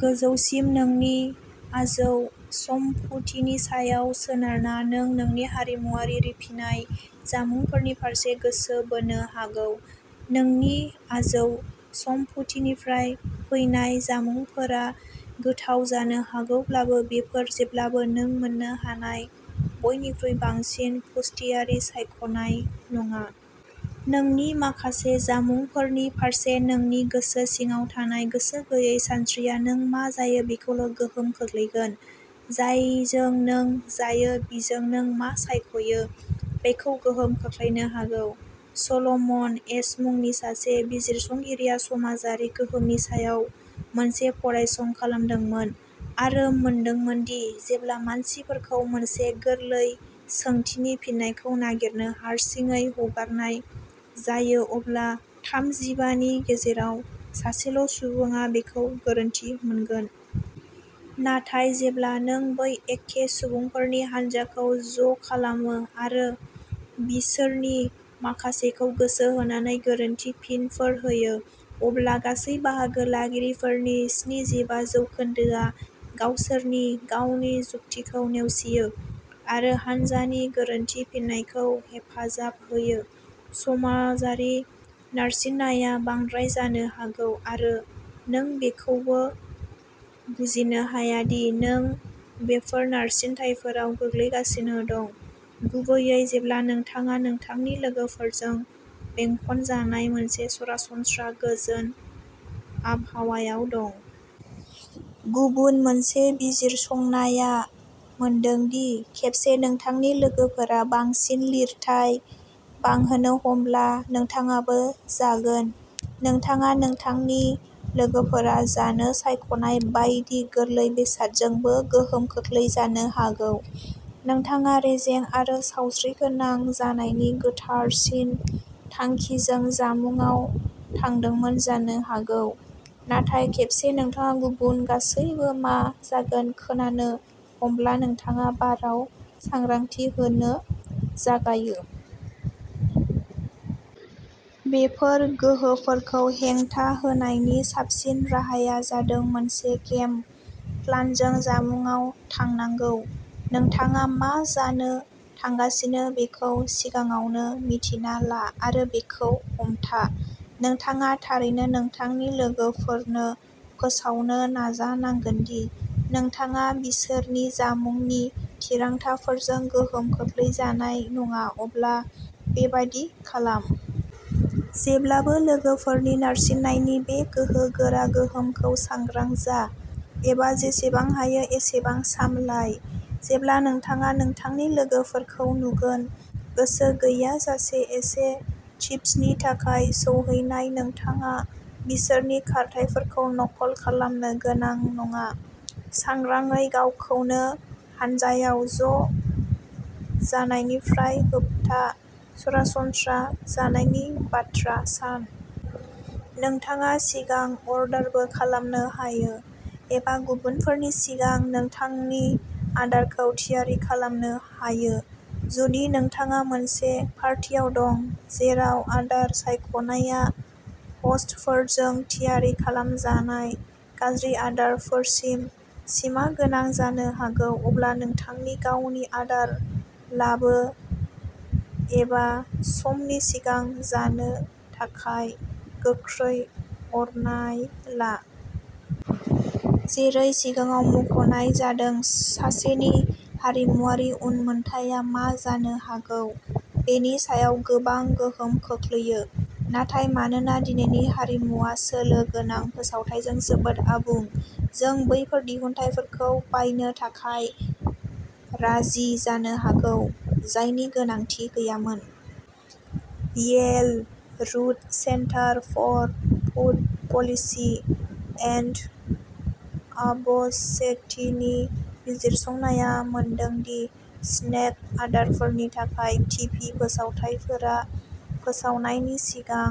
गोजौसिम नोंनि आजौ सम्फुथिनि सायाव सोनारना, नों नोंनि हारिमुआरि रिफिनाय जामुंफोरनि फारसे गोसो बोनो हागौ। नोंनि आजौ सम्फुथिनिफ्राय फैनाय जामुंफोरा गोथाव जानो हागौब्लाबो, बेफोर जेब्लाबो नों मोननो हानाय बयनिख्रुइ बांसिन पुष्टियारि सायख'नाय नङा। नोंनि माखासे जामुंफोरनि फारसे नोंनि गोसो सिङाव थानाय गोसो गैयै सानस्रिया नों मा जायो बेखौल'गोहोम खोख्लैगोन जायजों नों जायो बियो नों मा सायख'यो बेखौ गोहोम खोख्लैनो हागौ। सल'मन एश मुंनि सासे बिजिरसंगिरिआ समाजारि गोहोमनि सायाव मोनसे फरायसं खालामदोंमोन आरो मोनदोंमोन दि जेब्ला मानसिफोरखौ मोनसे गोरलै सोंथिनि फिननायखौ नागिरनो हारसिङै हगारनाय जायो, अब्ला थामजिबा नि गेजेराव सासेल' सुबुङा बेखौ गोरोन्थि मोनगोन। नाथाय जेब्ला नों बै एखे सुबुंफोरनि हानजाखौ ज'खालामो आरो बिसोरनि माखासेखौ गोसो होनानै गोरोन्थि फिनफोर होयो, अब्ला गासै बाहागो लागिरिफोरनि स्निजिबा जौखोनदोआ गावसोरनि गावनि जुक्तिखौ नेवसियो आरो हान्जानि गोरोन्थि फिननायखौ हेफाजाब होयो। समाजारि नारसिननाया बांद्राय जानो हागौ, आरो नों बेखौबो बुजिनो हाया दि नों बेफोर नारसिनथायफोराव गोग्लैगासिनो दं, गुबैयै जेब्ला नोंथाङा नोंथांनि लोगोफोरजों बेंखनजानाय मोनसे सरासनस्रा, गोजोन आबहावायाव दं। गुबुन मोनसे बिजिरसंनाया मोनदों दि खेबसे नोंथांनि लोगोफोरा बांसिन लिरथाय बांहोनो हमब्ला, नोंथाङाबो जागोन। नोंथाङा नोंथांनि लोगोफोरा जानो सायख'नाय बायदि गोरलै बेसादजोंबो गोहोम खोख्लैजानो हागौ। नोंथाङा रेजें आरो सावस्रिगोनां जानायनि गोथारसिन थांखिजों जामुंआव थांदोंमोन जानो हागौ, नाथाय खेबसे नोंथाङा गुबुन गासैबो मा जागोन खोनानो हमब्ला, नोंथाङा बाराव सांग्रांथि होनो जागायो। बेफोर गोहोफोरखौ हेंथा होनायनि साबसिन राहाया जादों मोनसे गेम प्लानजों जामुंआव थांनांगौ। नोंथाङा मा जानो थांगासिनो बेखौ सिगाङावनो मिन्थिना ला, आरो बेखौ हमथा। नोंथाङा थारैनो नोंथांनि लोगोफोरनो फोसावनो नाजानांगोन दि नोंथाङा बिसोरनि जामुंनि थिरांथाफोरजों गोहोम खोख्लै जानाय नङा, अब्ला बेबादि खालाम। जेब्लाबो लोगोफोरनि नारसिननायनि बे गोहोगोरा गोहोमखौ सांग्रां जा, एबा जेसेबां हायो एसेबां सामलाय। जेब्ला नोंथाङा नोंथांनि लोगोफोरखौ नुगोन। गोसो गैयाजासे एसे चिप्सनि थाखाय सौहैनाय, नोंथाङा बिसोरनि खारथाइफोरखौ नखल खालामनो गोनां नङा। सांग्रांयै गावखौनो हानजायाव ज' जानायनिफ्राय होबथा सरासनस्रा जानायनि बाथ्रा सान। नोंथाङा सिगां अर्डारबो खालामनो हायो, एबा गुबुनफोरनि सिगां नोंथांनि आदारखौ थियारि खालामनो हायो। जुदि नोंथाङा मोनसे पार्टियाव दं जेराव आदार सायख'नायआ ह'स्टफोरजों थियारि खालामजानाय गाज्रि आदारफोरसिम सिमागोनां जानो हागौ अब्ला नोंथांनि गावनि आदार लाबो एबा समनि सिगां जानो थाखाय गोख्रै अरनाय ला। जेरै सिगाङाव मख'नाय जादों सासेनि हारिमुआरि उनमोनथाइया मा जानो हागौ बेनि सायाव गोबां गोहोम खोख्लैयो। नाथाय मानोना दिनैनि हारिमुआ सोलो गोनां फोसावथाइजों जोबोद आबुं, जों बैफोर दिहुनथायफोरखौ बायनो थाखाय राजि जानो हागौ जायनि गोनांथि गैयामोन। Yale Rudd Center for Food Policy and अब'सेटिनि बिजिरसंनाया मोनदों दि स्नेक आदारफोरनि थाखाय टिभि फोसावथायफोरा फोसावनायनि सिगां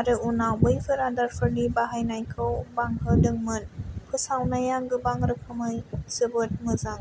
आरो उनाव बैफोर आदारफोरनि बाहायनायखौ बांहोदोंमोन। फोसावनाया गोबां रोखोमै जोबोद मोजां।